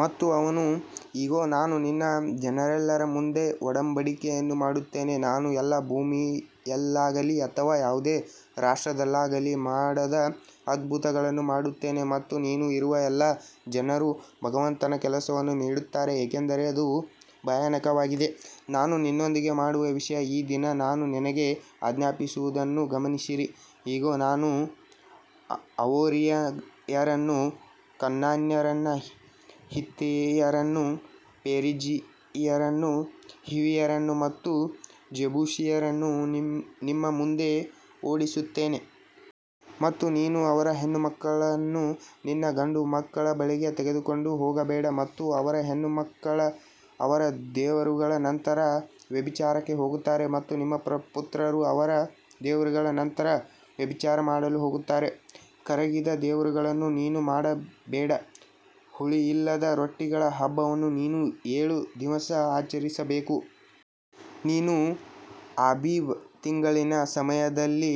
ಮತ್ತು ಅವನು ಇಗೋ ನಾನು ನಿನ್ನ ಜನರೆಲ್ಲರ ಮುಂದೆ ಒಡಂಬಡಿಕೆಯನ್ನು ಮಾಡುತ್ತೇನೆ ನಾನು ಎಲ್ಲಾ ಭೂಮಿಯಲ್ಲಾಗಲಿ ಅಥವಾ ಯಾವುದೇ ರಾಷ್ಟ್ರದಲ್ಲಾಗಲಿ ಮಾಡದ ಅದ್ಭುತಗಳನ್ನು ಮಾಡುತ್ತೇನೆ ಮತ್ತು ನೀನು ಇರುವ ಎಲ್ಲಾ ಜನರು ಭಗವಂತನ ಕೆಲಸವನ್ನು ನೋಡುತ್ತಾರೆ ಏಕೆಂದರೆ ಅದು ಭಯಾನಕವಾಗಿದೆ. ನಾನು ನಿನ್ನೊಂದಿಗೆ ಮಾಡುವ ವಿಷಯ ಈ ದಿನ ನಾನು ನಿನಗೆ ಆಜ್ಞಾಪಿಸುವುದನ್ನು ಗಮನಿಸಿರಿ ಇಗೋ ನಾನು ಅಮೋರಿಯರನ್ನು ಕಾನಾನ್ಯರನ್ನು ಹಿತ್ತಿಯರನ್ನು ಪೆರಿಜ್ಜೀಯರನ್ನು ಹಿವಿಯರನ್ನು ಮತ್ತು ಜೆಬೂಸಿಯರನ್ನು ನಿಮ್ಮ ಮುಂದೆ ಓಡಿಸುತ್ತೇನೆ. ಮತ್ತು ನೀನು ಅವರ ಹೆಣ್ಣುಮಕ್ಕಳನ್ನು ನಿನ್ನ ಗಂಡುಮಕ್ಕಳ ಬಳಿಗೆ ತೆಗೆದುಕೊಂಡು ಹೋಗಬೇಡ ಮತ್ತು ಅವರ ಹೆಣ್ಣುಮಕ್ಕಳು ಅವರ ದೇವರುಗಳ ನಂತರ ವ್ಯಭಿಚಾರಕ್ಕೆ ಹೋಗುತ್ತಾರೆ ಮತ್ತು ನಿಮ್ಮ ಪುತ್ರರು ಅವರ ದೇವರುಗಳ ನಂತರ ವ್ಯಭಿಚಾರ ಮಾಡಲು ಹೋಗುತ್ತಾರೆ. ಕರಗಿದ ದೇವರುಗಳನ್ನು ನೀನು ಮಾಡಬೇಡ. ಹುಳಿಯಿಲ್ಲದ ರೊಟ್ಟಿಗಳ ಹಬ್ಬವನ್ನು ನೀನು ಏಳು ದಿವಸ ಆಚರಿಸಬೇಕು. ನೀನು ಆಬೀಬ್ ತಿಂಗಳಿನ ಸಮಯದಲ್ಲಿ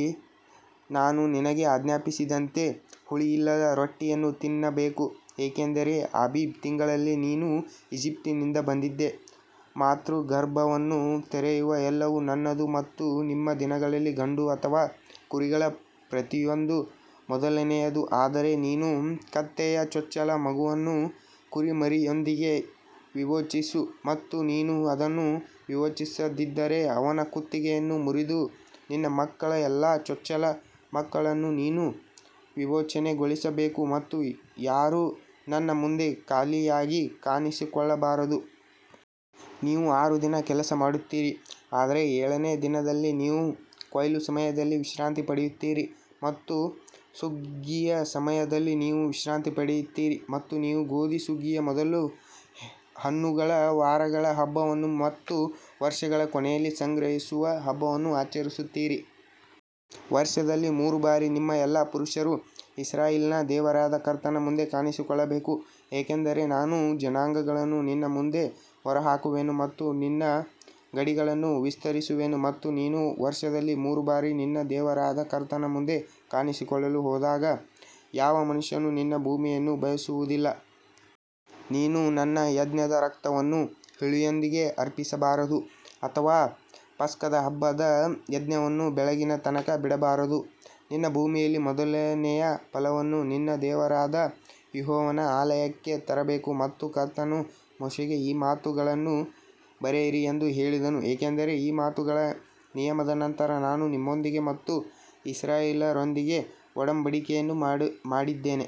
ನಾನು ನಿನಗೆ ಆಜ್ಞಾಪಿಸಿದಂತೆ ಹುಳಿಯಿಲ್ಲದ ರೊಟ್ಟಿಯನ್ನು ತಿನ್ನಬೇಕು ಏಕೆಂದರೆ ಅಬೀಬ್ ತಿಂಗಳಲ್ಲಿ ನೀನು ಈಜಿಪ್ಟಿನಿಂದ ಬಂದಿದ್ದೀ. ಮಾತೃಗರ್ಭವನ್ನು ತೆರೆಯುವ ಎಲ್ಲವೂ ನನ್ನದು ಮತ್ತು ನಿಮ್ಮ ದನಗಳಲ್ಲಿ ಗಂಡು ಅಥವಾ ಕುರಿಗಳ ಪ್ರತಿಯೊಂದು ಮೊದಲನೆಯದು. ಆದರೆ ನೀನು ಕತ್ತೆಯ ಚೊಚ್ಚಲ ಮಗುವನ್ನು ಕುರಿಮರಿಯೊಂದಿಗೆ ವಿಮೋಚಿಸು ಮತ್ತು ನೀನು ಅದನ್ನು ವಿಮೋಚಿಸದಿದ್ದರೆ ಅವನ ಕುತ್ತಿಗೆಯನ್ನು ಮುರಿದು ನಿನ್ನ ಮಕ್ಕಳ ಎಲ್ಲಾ ಚೊಚ್ಚಲ ಮಕ್ಕಳನ್ನು ನೀನು ವಿಮೋಚನೆಗೊಳಿಸಬೇಕು ಮತ್ತು ಯಾರೂ ನನ್ನ ಮುಂದೆ ಖಾಲಿಯಾಗಿ ಕಾಣಿಸಿಕೊಳ್ಳಬಾರದು. ನೀವು ಆರು ದಿನ ಕೆಲಸ ಮಾಡುತ್ತೀರಿ ಆದರೆ ಏಳನೇ ದಿನದಲ್ಲಿ ನೀವು ಕೊಯ್ಲು ಸಮಯದಲ್ಲಿ ವಿಶ್ರಾಂತಿ ಪಡೆಯುತ್ತೀರಿ ಮತ್ತು ಸುಗ್ಗಿಯ ಸಮಯದಲ್ಲಿ ನೀವು ವಿಶ್ರಾಂತಿ ಪಡೆಯುತ್ತೀರಿ. ಮತ್ತು ನೀವು ಗೋಧಿ ಸುಗ್ಗಿಯ ಮೊದಲ ಹಣ್ಣುಗಳ ವಾರಗಳ ಹಬ್ಬವನ್ನು ಮತ್ತು ವರ್ಷಗಳ ಕೊನೆಯಲ್ಲಿ ಸಂಗ್ರಹಿಸುವ ಹಬ್ಬವನ್ನು ಆಚರಿಸುತ್ತೀರಿ. ವರ್ಷದಲ್ಲಿ ಮೂರು ಬಾರಿ ನಿಮ್ಮ ಎಲ್ಲಾ ಪುರುಷರು ಇಸ್ರಾಯೇಲಿನ ದೇವರಾದ ಕರ್ತನ ಮುಂದೆ ಕಾಣಿಸಿಕೊಳ್ಳಬೇಕು ಯಾಕಂದರೆ ನಾನು ಜನಾಂಗಗಳನ್ನು ನಿನ್ನ ಮುಂದೆ ಹೊರಹಾಕುವೆನು ಮತ್ತು ನಿನ್ನ ಗಡಿಗಳನ್ನು ವಿಸ್ತರಿಸುವೆನು ಮತ್ತು ನೀನು ವರ್ಷದಲ್ಲಿ ಮೂರು ಬಾರಿ ನಿನ್ನ ದೇವರಾದ ಕರ್ತನ ಮುಂದೆ ಕಾಣಿಸಿಕೊಳ್ಳಲು ಹೋದಾಗ ಯಾವ ಮನುಷ್ಯನೂ ನಿನ್ನ ಭೂಮಿಯನ್ನು ಬಯಸುವುದಿಲ್ಲ. ನೀನು ನನ್ನ ಯಜ್ಞದ ರಕ್ತವನ್ನು ಹುಳಿಯೊಂದಿಗೆ ಅರ್ಪಿಸಬಾರದು ಅಥವಾ ಪಸ್ಕದ ಹಬ್ಬದ ಯಜ್ಞವನ್ನು ಬೆಳಗಿನ ತನಕ ಬಿಡಬಾರದು. ನಿನ್ನ ಭೂಮಿಯಲ್ಲಿ ಮೊದಲನೆಯ ಫಲವನ್ನು ನಿನ್ನ ದೇವರಾದ ಯೆಹೋವನ ಆಲಯಕ್ಕೆ ತರಬೇಕು. ಮತ್ತು ಕರ್ತನು ಮೋಶೆಗೆ ಈ ಮಾತುಗಳನ್ನು ಬರೆಯಿರಿ ಎಂದು ಹೇಳಿದನು ಏಕೆಂದರೆ ಈ ಮಾತುಗಳ ನಿಯಮದ ನಂತರ ನಾನು ನಿನ್ನೊಂದಿಗೆ ಮತ್ತು ಇಸ್ರಾಯೇಲ್ಯರೊಂದಿಗೆ ಒಡಂಬಡಿಕೆಯನ್ನು ಮಾಡಿದ್ದೇನೆ.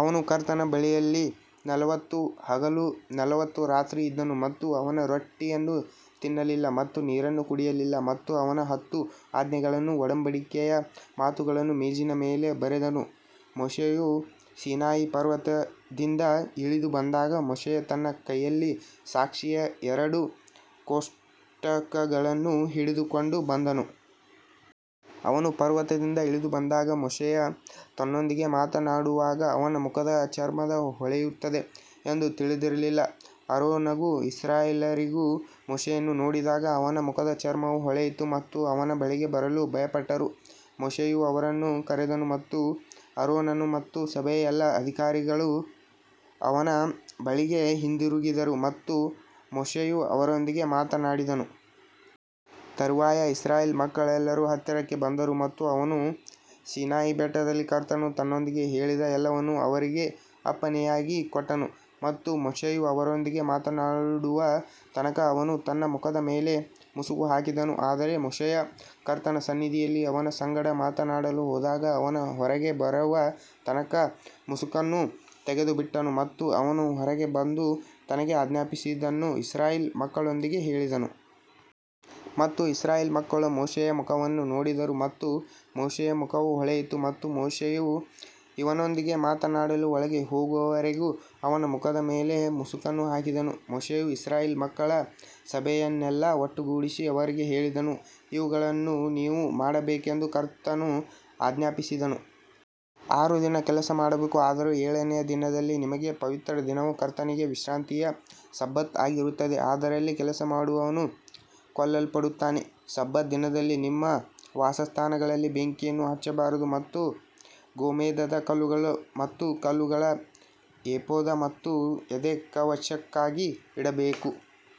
ಅವನು ಕರ್ತನ ಬಳಿಯಲ್ಲಿ ನಲವತ್ತು ಹಗಲು ನಲವತ್ತು ರಾತ್ರಿ ಇದ್ದನು ಮತ್ತು ಅವನು ರೊಟ್ಟಿಯನ್ನು ತಿನ್ನಲಿಲ್ಲ ಮತ್ತು ನೀರನ್ನು ಕುಡಿಯಲಿಲ್ಲ ಮತ್ತು ಅವನು ಹತ್ತು ಆಜ್ಞೆಗಳನ್ನು ಒಡಂಬಡಿಕೆಯ ಮಾತುಗಳನ್ನು ಮೇಜಿನ ಮೇಲೆ ಬರೆದನು. ಮೋಶೆಯು ಸೀನಾಯಿ ಪರ್ವತದಿಂದ ಇಳಿದು ಬಂದಾಗ ಮೋಶೆಯು ತನ್ನ ಕೈಯಲ್ಲಿ ಸಾಕ್ಷಿಯ ಎರಡು ಕೋಷ್ಟಕಗಳನ್ನು ಹಿಡಿದುಕೊಂಡು ಬಂದನು. ಅವನು ಪರ್ವತದಿಂದ ಇಳಿದು ಬಂದಾಗ ಮೋಶೆಯು ತನ್ನೊಂದಿಗೆ ಮಾತನಾಡುವಾಗ ಅವನ ಮುಖದ ಚರ್ಮವು ಹೊಳೆಯುತ್ತದೆ ಎಂದು ತಿಳಿದಿರಲಿಲ್ಲ. ಆರೋನನೂ ಇಸ್ರಾಯೇಲ್ಯರೆಲ್ಲರೂ ಮೋಶೆಯನ್ನು ನೋಡಿದಾಗ ಅವನ ಮುಖದ ಚರ್ಮವು ಹೊಳೆಯಿತು ಮತ್ತು ಅವನ ಬಳಿಗೆ ಬರಲು ಭಯಪಟ್ಟರು. ಮೋಶೆಯು ಅವರನ್ನು ಕರೆದನು ಮತ್ತು ಆರೋನನು ಮತ್ತು ಸಭೆಯ ಎಲ್ಲಾ ಅಧಿಕಾರಿಗಳು ಅವನ ಬಳಿಗೆ ಹಿಂದಿರುಗಿದರು ಮತ್ತು ಮೋಶೆಯು ಅವರೊಂದಿಗೆ ಮಾತನಾಡಿದನು. ತರುವಾಯ ಇಸ್ರಾಯೇಲ್ ಮಕ್ಕಳೆಲ್ಲರೂ ಹತ್ತಿರಕ್ಕೆ ಬಂದರು ಮತ್ತು ಅವನು ಸೀನಾಯಿ ಬೆಟ್ಟದಲ್ಲಿ ಕರ್ತನು ತನ್ನೊಂದಿಗೆ ಹೇಳಿದ ಎಲ್ಲವನ್ನೂ ಅವರಿಗೆ ಅಪ್ಪಣೆಯಾಗಿ ಕೊಟ್ಟನು. ಮತ್ತು ಮೋಶೆಯು ಅವರೊಂದಿಗೆ ಮಾತನಾಡುವ ತನಕ ಅವನು ತನ್ನ ಮುಖದ ಮೇಲೆ ಮುಸುಕು ಹಾಕಿದನು ಆದರೆ ಮೋಶೆಯು ಕರ್ತನ ಸನ್ನಿಧಿಯಲ್ಲಿ ಅವನ ಸಂಗಡ ಮಾತನಾಡಲು ಹೋದಾಗ ಅವನು ಹೊರಗೆ ಬರುವ ತನಕ ಮುಸುಕನ್ನು ತೆಗೆದುಬಿಟ್ಟನು ಮತ್ತು ಅವನು ಹೊರಗೆ ಬಂದು ತನಗೆ ಆಜ್ಞಾಪಿಸಿದ್ದನ್ನು ಇಸ್ರಾಯೇಲ್ ಮಕ್ಕಳೊಂದಿಗೆ ಹೇಳಿದನು. ಮತ್ತು ಇಸ್ರಾಯೇಲ್ ಮಕ್ಕಳು ಮೋಶೆಯ ಮುಖವನ್ನು ನೋಡಿದರು ಮತ್ತು ಮೋಶೆಯ ಮುಖವು ಹೊಳೆಯಿತು ಮತ್ತು ಮೋಶೆಯು ಅವನೊಂದಿಗೆ ಮಾತನಾಡಲು ಒಳಗೆ ಹೋಗುವವರೆಗೂ ಅವನ ಮುಖದ ಮೇಲೆ ಮುಸುಕನ್ನು ಹಾಕಿದನು. ಮೋಶೆಯು ಇಸ್ರಾಯೇಲ್ ಮಕ್ಕಳ ಸಭೆಯನ್ನೆಲ್ಲಾ ಒಟ್ಟುಗೂಡಿಸಿ ಅವರಿಗೆ ಹೇಳಿದನು ಇವುಗಳನ್ನು ನೀವು ಮಾಡಬೇಕೆಂದು ಕರ್ತನು ಆಜ್ಞಾಪಿಸಿದನು. ಆರು ದಿನ ಕೆಲಸ ಮಾಡಬೇಕು ಆದರೆ ಏಳನೆಯ ದಿನದಲ್ಲಿ ನಿಮಗೆ ಪವಿತ್ರ ದಿನವು ಕರ್ತನಿಗೆ ವಿಶ್ರಾಂತಿಯ ಸಬ್ಬತ್ ಆಗಿರುತ್ತದೆ ಅದರಲ್ಲಿ ಕೆಲಸ ಮಾಡುವವನು ಕೊಲ್ಲಲ್ಪಡುತ್ತಾನೆ. ಸಬ್ಬತ್ ದಿನದಲ್ಲಿ ನಿಮ್ಮ ವಾಸಸ್ಥಾನಗಳಲ್ಲಿ ಬೆಂಕಿಯನ್ನು ಹಚ್ಚಬಾರದು ಮತ್ತು ಗೋಮೇಧದ ಕಲ್ಲುಗಳು ಮತ್ತು ಕಲ್ಲುಗಳು ಏಫೋದ್ ಮತ್ತು ಎದೆಕವಚಕ್ಕಾಗಿ ಇಡಬೇಕು.